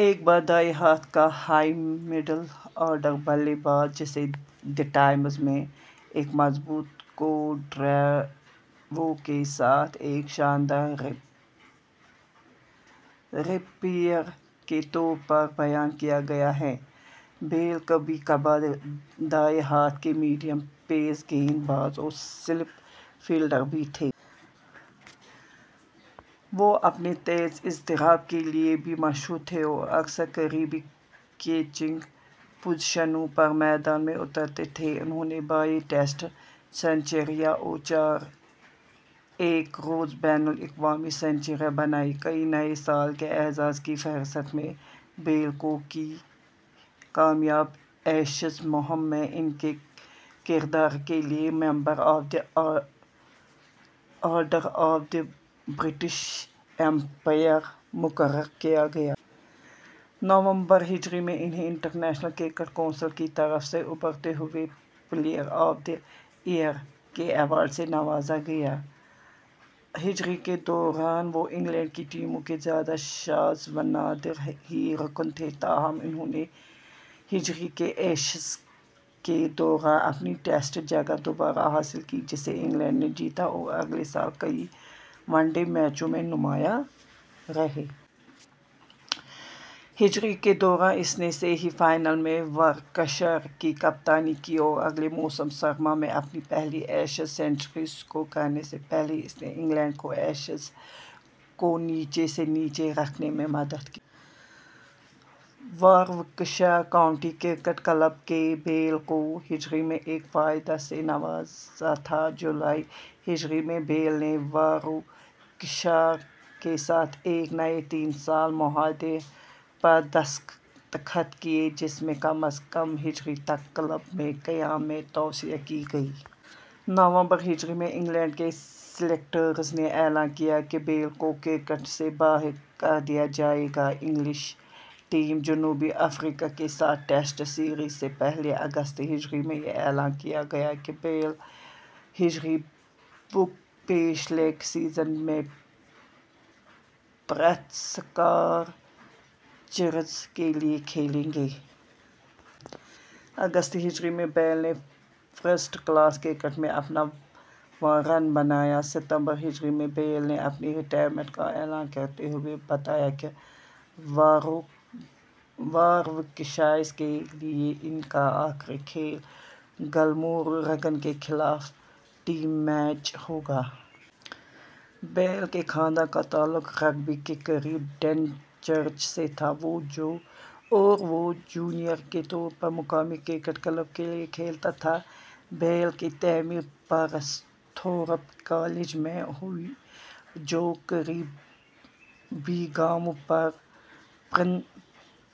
ایک دائیں ہاتھ کا ہائی/مڈل آرڈر بلے باز، جسے دی ٹائمز میں ایک مضبوط کور ڈرائیو کے ساتھ ایک "شاندار ریپیر" کے طور پر بیان کیا گیا ہے، بیل کبھی کبھار دائیں ہاتھ کے میڈیم پیس گیند باز اور سلپ فیلڈر بھی تھے۔ وہ اپنے تیز اضطراب کے لیے بھی مشہور تھے اور اکثر قریبی کیچنگ پوزیشنوں پر میدان میں اترتے تھے۔ انھوں نے بائیس ٹیسٹ سنچریاں اور چار ایک روزہ بین الاقوامی سنچریاں بنائے۔ ء کے نئے سال کے اعزاز کی فہرست میں، بیل کو ء کی کامیاب ایشز مہم میں ان کے کردار کے لیے Member of the Order of the British Empire مقرر کیا گیا۔ نومبر ء میں انھیں انٹرنیشنل کرکٹ کونسل کی طرف سے ابھرتے ہوئے پلیئر آف دی ایئر کے ایوارڈ سے نوازا گیا۔ ء اور ء کے دوران، وہ انگلینڈ کی ٹیموں کے زیادہ شاذ و نادر ہی رکن تھے تاہم انھوں نے ء کی ایشز کے دوران اپنی ٹیسٹ جگہ دوبارہ حاصل کی، جسے انگلینڈ نے جیتا اور اگلے سال کئی ون ڈے میچوں میں نمایاں رہے۔ ء کے دوران، اس نے سی بی فائنل میں وارکشائر کی کپتانی کی اور اگلے موسم سرما میں اپنی پہلی ایشز سنچری اسکور کرنے سے پہلے اس نے انگلینڈ کو ایشز کو نیچے سے نیچے رکھنے میں مدد کی۔ واروکشائر کاؤنٹی کرکٹ کلب نے بیل کو ء میں ایک فائدہ سے نوازا تھا۔ جولائی ء میں، بیل نے واروکشائر کے ساتھ ایک نئے تین سالہ معاہدے پر دستخط کیے جس میں کم از کم ء تک کلب میں قیام میں توسیع کی گئی۔ نومبر ء میں، انگلینڈ کے سلیکٹرز نے اعلان کیا کہ بیل کو کرکٹ سے باہر کر دیا جائے گا۔ انگلش ٹیم جنوبی افریقہ کے ساتھ ٹیسٹ سیریز سے پہلے۔ اگست ء میں، یہ اعلان کیا گیا کہ بیل - ء بگ بیش لیگ سیزن میں پرتھ سکارچرز کے لیے کھیلیں گے۔ اگست ء میں، بیل نے فرسٹ کلاس کرکٹ میں اپنا واں رن بنایا۔ ستمبر ء میں، بیل نے اپنی ریٹائرمنٹ کا اعلان کرتے ہوئے بتایا کہ واروکشائر کے لیے ان کا آخری کھیل گلمورگن کے خلاف ٹی میچ ہوگا۔ بیل کے خاندان کا تعلق رگبی کے قریب ڈنچرچ سے تھا اور وہ جونیئر کے طور پر مقامی کرکٹ کلب کے لیے کھیلتا تھا۔ بیل کی تعلیم پرنستھورپ کالج میں ہوئی، جو قریبی گاؤں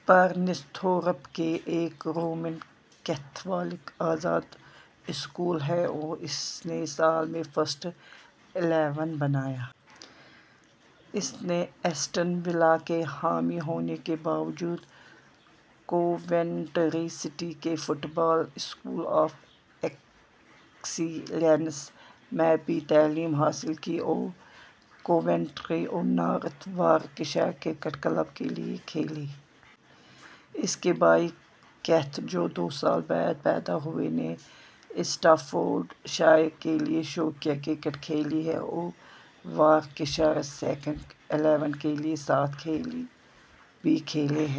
پرنستھورپ کے ایک رومن کیتھولک آزاد اسکول ہے اور اس نے سال میں فسٹ الیون بنایا۔ اس نے ایسٹن ولا کے حامی ہونے کے باوجود، کوونٹری سٹی کے football school of excellence میں بھی تعلیم حاصل کی اور کوونٹری اور نارتھ واروکشائر کرکٹ کلب کے لیے کھیلے۔ اس کے بھائی کیتھ، جو دو سال بعد پیدا ہوئے، نے اسٹافورڈ شائر کے لیے شوقیہ کرکٹ کھیلی ہے اور وارکشائر سیکنڈ الیون کے لیے سات کھیل بھی کھیلے ہیں۔